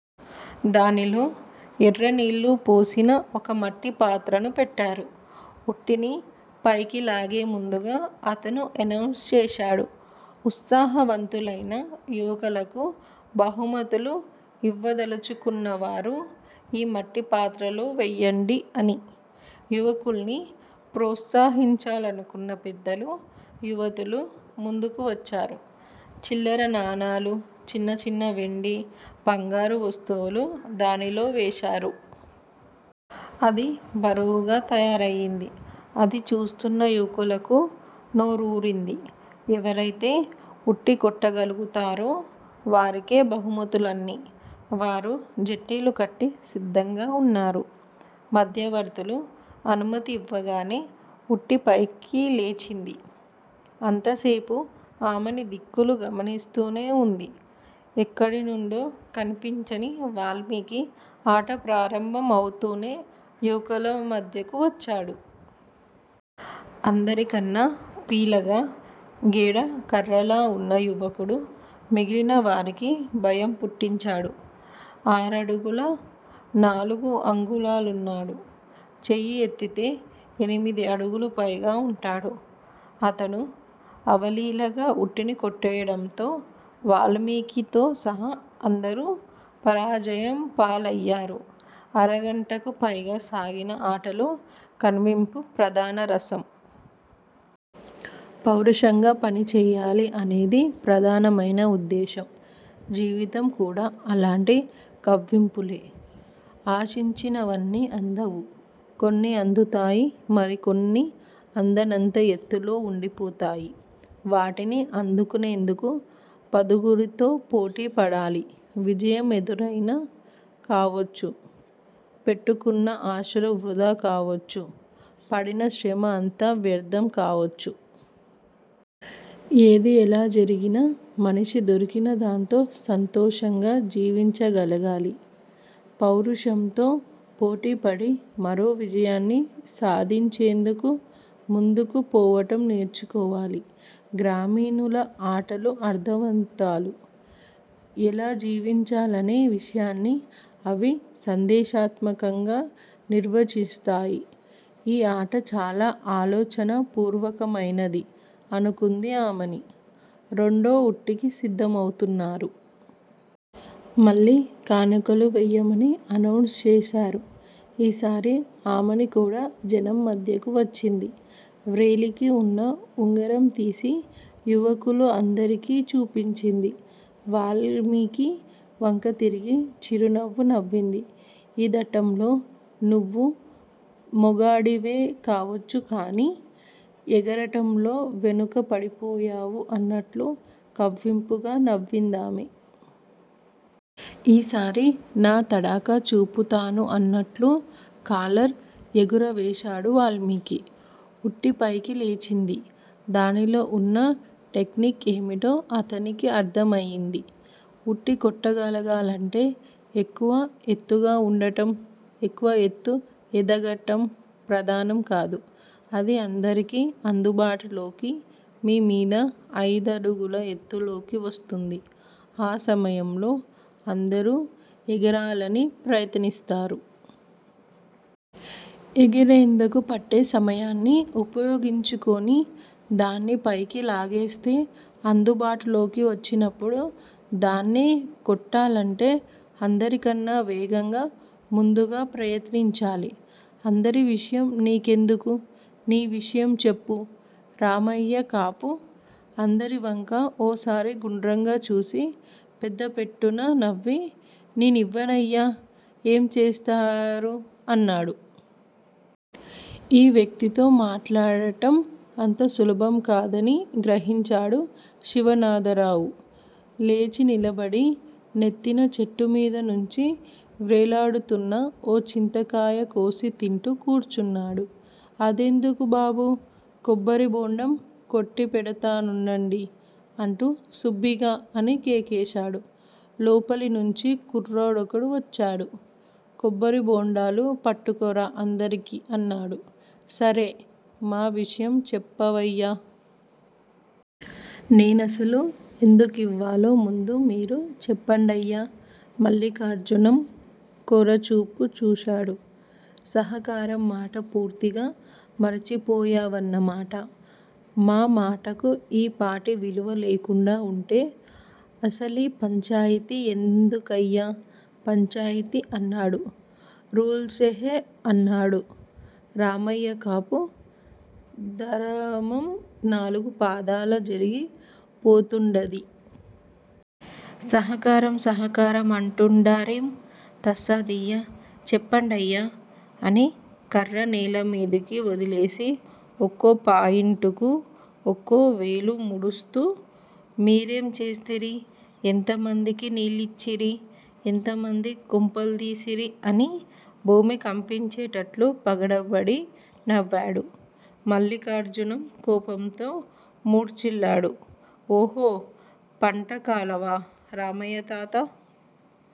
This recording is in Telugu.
దానిలో ఎర్రనీళ్ళు పోసిన ఒక మట్టిపాత్రను పెట్టారు. ఉట్టిని పైకిలాగే ముందుగా అతను ఎనౌన్స్ చేశాడు. ఉత్సాహవంతులయిన యువకులకు బహుమతులు ఇవ్వదలుచుకున్నవారు ఈ మట్టిపాత్రలో వేయండి! అని. యువకుల్ని ప్రోత్సహించాలనుకున్న పెద్దలు, యువతులు ముందుకు వచ్చారు. చిల్లర నాణాలు, చిన్నచిన్న వెండి, బంగారు వస్తువులు దానిలో వేశారు. అది బరువుగా తయారయింది. అది చూస్తున్న యువకులకు నోరూరింది. ఎవరైతే ఉట్టి కొట్టగలుగుతారో వారికే బహుమతులన్నీ. వారు జట్టీలు కట్టి సిద్ధంగా వున్నారు. మధ్యవర్తులు అనుమతి ఇవ్వగానే ఉట్టి పైకిలేచింది. అంతసేపూ ఆమని దిక్కులు గమనిస్తూనే వుంది. ఎక్కడి నుండో కన్పించని వాల్మీకి ఆట ప్రారంభం అవుతూనే యువకుల మధ్యకు వచ్చాడు. అందరికన్నా పీలగా గెడ కర్రలా వున్న యువకుడు మిగిలిన వారికి భయం పుట్టించాడు. ఆరడుగుల నాలుగు అంగుళాలున్నాడు. చెయ్యి ఎత్తితే ఎనిమిది అడుగులు పైగా ఉంటాడు. అతడు అవలీలగా ఉట్టిని కొట్టేయడంతో వాల్మీకితో సహా అందరూ పరాజయం పాలు అయ్యారు. అరగంటకు పైగా సాగిన ఆటలో కవ్వింపు ప్రధాన రసం! పౌరుషంగా పనిచేయాలి అనేది ప్రధానమయిన ఉద్దేశం! జీవితం కూడ అలాంటి కవ్వింపులే! ఆశించినవన్నీ అందవు. కొన్ని అందుతాయి. మరికొన్ని అందనంత ఎత్తులో ఉండిపోతాయి. వాటిని అందుకునేందుకు పదుగురితో పోటీపడాలి. విజయం ఎదురైనా కావచ్చు. పెట్టుకున్న ఆశలు వృధా కావచ్చు. పడిన శ్రమ అంతా వ్యర్ధం కావచ్చు. ఏది ఎలా జరిగినా మనిషి దొరికిన దాంతో సంతోషంగా జివించగలగాలి! పౌరుషంతో పోటీపడి మరో విజయాన్ని సాధించేందుకు ముందుకు పోవటం నేర్చుకోవాలి! గ్రామీణుల ఆటలు అర్ధవంతాలు!! ఎలా జీవించాలనే విషయాన్ని అవి సందేశాత్మకంగా నిర్వచిస్తాయి. ఈ ఆట చాల ఆలోచనా పూర్వకమయినది అనుకుంది ఆమని!! రెండో ఉట్టికి సిద్ధమవుతున్నారు. మళ్ళీ కానుకలు వేయమని అనౌన్స్ చేశారు. ఈసారి ఆమని కూడా జనం మధ్యకు వచ్చింది. వ్రేలికి ఉన్న ఉంగరం తీసి యువకులు అందరికి చూపించింది. వాల్మీకి వంక తిరిగి చిరునవ్వు నవ్వింది. ఈదటంలో నువ్వు మొగాడివేకావచ్చు. కాని ఎగరటంలో వెనుక పడిపోయావు అన్నట్లు కవ్వింపుగా నవ్విందామె! ఈసారి నా తడాఖా చూపుతాను అన్నట్లు కాలర్ ఎగురవేశాడు వాల్మీకి! ఉట్టిపైకి లేచింది. దానిలో ఉన్న టెక్నిక్ ఏమిటో అతనికి అర్ధమయింది. ఉట్టి కొట్టగలగాలంటే ఎక్కువ ఎత్తుగా ఉండటం ఎక్కువ ఎత్తు ఎదగటం ప్రధానంకాదు. అది అందరికి అందుబాటులోకి మీమీద అయిదడుగుల ఎత్తులోకి వస్తుంది. ఆ సమయంలో అందరూ ఎగరాలని ప్రయత్నిస్తారు. ఎగిరేందుకు పట్టే సమయాన్ని ఉపయోగించుకుని దాన్ని పైకి లాగేస్తే అందుబాటులోకి వచ్చినప్పుడు దాన్ని కొట్టాలంటే అందరికన్నా వేగంగా ముందుగా ప్రయత్నించాలి! అందరివిషయం నీకెందుకు? నీ విషయం చెప్పు? రామయ్య కాపు అందరివంకా ఓసారి గుండ్రంగా చూసి, పెద్దపెట్టున నవ్వి 'నేనివ్వనయ్యా, ఏం చేస్తారు? ' అన్నాడు. ఈ వ్యక్తితో మాట్లాడటం అంత సులభంకాదని గ్రహించాడు శివనాథరావు. లేచినిలబడి నెత్తిన చెట్టుమీదనుంచి వ్రేలాడుతోన్న ఓ చింతకాయ కోసి తింటూ కూర్చున్నాడు. అదెందుకు బాబూ? కొబ్బరిబోండాం కొట్టిపెడతానుండండి అంటూ సుబ్బిగా అని కేకేశాడు. లోపలినుంచి కుర్రాడొకడు వచ్చాడు. కొబ్బరిబోండాలు పట్టుకురా అందరికీ' అన్నాడు. సరే! మా విషయం చెప్పవయ్యా? నేనసలు ఎందుకివ్వాలో ముందు మీరు చెప్పండయ్యా? మల్లిఖార్జునం కోరచూపు చూశాడు. 'సహకారం మాట పూర్తిగా మరిచిపో యావన్నమాట. మా మాటకు ఈ పాటి విలువలేకుండా వుంటే అసలీ పంచాయితీ ఎందుకయ్యా, పంచాయితీ? ' అన్నాడు. రూల్సెహే! అన్నాడు రామయ్యకాపు. 'దరమం నాలుగు పాదాలా జరిగి పోతుండది. సహకారం సహకారం అంటుండారేం. తస్సదియ్యా చెప్పండయ్యా? అని కర్ర నేలమీదికి ఒదిలేసి ఒక్కోపాయింటుకూ ఒక్కో వేలు ముడుస్తూ 'మీరేం చేస్తిరీ, ఎంతమందికి నీళ్ళిచ్చిరీ, ఎంతమంది కొంపల్దీసిరీ' అని భూమి కంపించేటట్లు పగలబడి నవ్వాడు. మల్లిఖార్జునం కోపంతో మూర్జిల్లాడు. ఓహో, పంటకాలవ? రామయ్యతాత